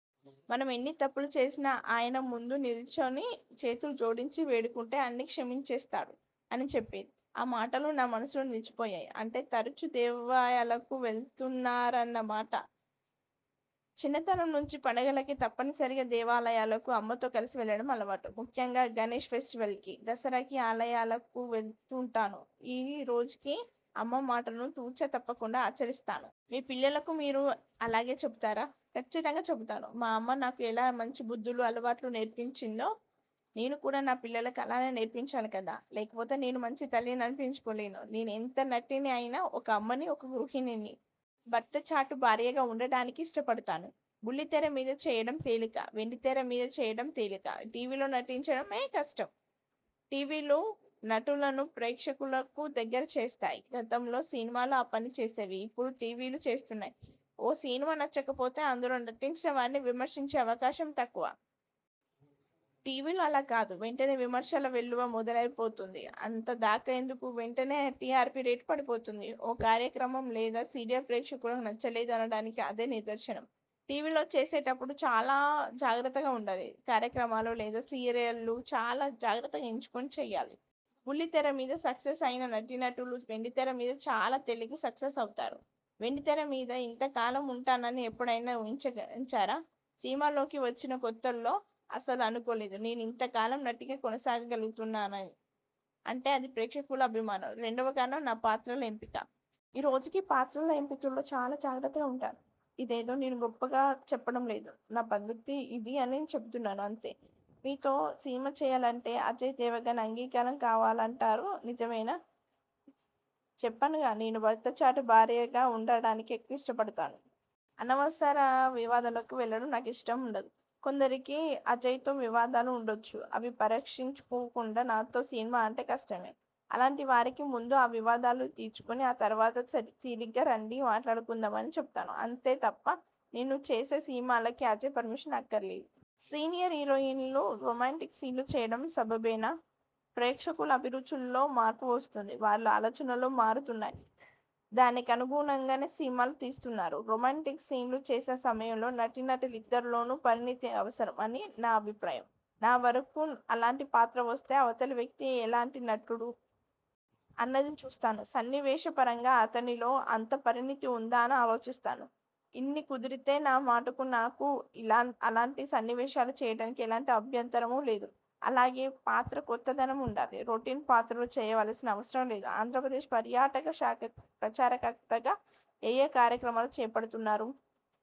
మనం ఎన్ని తప్పులు చేసినా ఆయన ముందు నిలుచుని చేతులు జోడించి వేడుకుంటే అన్నీ క్షమించేస్తాడు అని చెప్పేది. ఆ మాటలు నా మనసులో నిలిచిపోయాయి. అంటే తరచూ దేవాలయాలకు వెడుతుంటారన్నమాట? చిన్నతనం నుంచి పండుగలకి తప్పనిసరిగా దేవాలయాలకు అమ్మతో కలిసి వెళ్ళడం అలవాటు. ముఖ్యంగా గణేష్ ఫెస్టివల్కీ, దసరాకి ఆలయాలకు వెడుతుంటాను ఈ రోజుకీ అమ్మ మాటలను తూచా తప్పకుండా ఆచరిస్తాను. మీ పిల్లలకు మీరూ అలాగే చెబుతారా? కచ్చితంగా చెబుతాను. మా అమ్మ నాకు ఎలా మంచి బుద్ధులు, అలవాట్లూ నేర్పిందో, నేను కూడా నా పిల్లలకు అలానే నేర్పాలి కదా! లేకపోతే నేను మంచి తల్లిని అనిపించుకోలేను. నేను ఎంత నటిని అయినా ఒక అమ్మనీ, ఒక గృహిణినీ. భర్తచాటు భార్యగా ఉండడానికే ఇష్టపడతాను. బుల్లి తెర మీద చేయడం తేలికా? వెండితెర మీద చేయడం తేలికా? టీవీలో నటించడమే కష్టం. టీవీలు నటులను ప్రేక్షకులకు దగ్గర చేస్తాయి. గతంలో సినిమాలు ఆ పని చేసేవి. ఇప్పుడు టీవీలు చేస్తున్నాయి. ఓ సినిమా నచ్చకపోతే అందులో నటించిన వారిని విమర్శించే అవకాశం తక్కువ. టీవీలు అలా కాదు. వెంటనే విమర్శల వెల్లువ మొదలైపోతుంది. అంతదాకా ఎందుకు? వెంటనే టిఆర్పీ రేటు పడిపోతుంది. ఓ కార్యక్రమం లేదా సీరియల్ ప్రేక్షకులకు నచ్చలేదు అనడానికి అదే నిదర్శనం. టీవీలో చేసేటప్పుడు చాలా జాగ్రత్తగా ఉండాలి. కార్యక్రమాలు లేదా సీరియల్ను చాలా జాగ్రత్తగా ఎంచుకుని చేయాలి. బుల్లి తెర మీద సక్సెస్ అయిన నటీనటులు వెండితెర మీద చాలా తేలిగ్గా సక్సెస్ అవుతారు. వెండితెర మీద ఇంతకాలం ఉంటానని ఎప్పుడైనా ఊహించారా? సినిమాల్లోకి వచ్చిన కొత్తల్లో అస్సలు అనుకోలేదు. నేను ఇంత కాలం నటిగా కొనసాగగలుగుతున్నాను అంటే అది ప్రేక్షకుల అభిమానం. రెండవ కారణం నా పాత్రల ఎంపిక. ఈరోజుకీ పాత్రల ఎంపికలో చాలా జాగ్రత్తగా ఉంటాను. ఇదేదో నేను గొప్పగా చెప్పడం లేదు. నా పద్ధతి ఇది అని చెబుతున్నాను అంతే! మీతో సినిమా చేయాలంటే అజయ్ దేవగన్ అంగీకారం కావాలంటారు నిజమేనా? చెప్పానుగా నేను భర్త చాటు భార్యగా ఉండడానికే ఎక్కువ ఇష్టపడతాను. అనవసరన వివాదాల్లోకి వెళ్ళడం నాకు ఇష్టం ఉండదు. కొందరికి అజయ్తో వివాదాలు ఉండొచ్చు అవి పరిష్కరించుకోకుండా నాతో సినిమా అంటే కష్టమే! అలాంటి వారికి ముందు ఆ వివాదాలు తీర్చుకుని ఆ తరువాత తీరిగ్గా రండి మాట్లాడుకుందామని చెబుతాను. అంతే తప్ప నేను చేసే సినిమాలకు అజయ్ పర్మిషన్ అక్కర్లేదు. సీనియర్ హీరోయిన్లు రొమాంటిక్ సీన్లు చేయడం సబబేనా? ప్రేక్షకుల అభిరుచిలో మార్పు వస్తోంది. వారి ఆలోచనలూ మారుతున్నాయి. దానికనుగుణంగానే సినిమాలూ తీస్తున్నారు. రొమాంటిక్ సీన్లు చేసే సమయంలో నటీనటులిద్దరిలోనూ పరిణితి అవసరం అని నా అభిప్రాయం. నా వరకూ అలాంటి పాత్ర వస్తే అవతలి వ్యక్తి ఎలాంటి నటుడు? అన్నది చూస్తాను. సన్నివేశపరంగా అతనిలో అంత పరిణితి ఉందా అని ఆలోచిస్తాను. ఇన్ని కుదిరితే నా మటుకు నాకు అలాంటి సన్నివేశాలు చేయడానికి ఎలాంటి అభ్యంతరమూ లేదు. అలాగే పాత్రలో కొత్తదనం ఉండాలి. రొటీన్ పాత్రలూ చేయవలసిన అవసరం లేదు. ఆంధ్రప్రదేశ్ పర్యాటక శాఖ ప్రచారకర్తగా ఏఏ కార్యక్రమాలు చేపడుతున్నారు?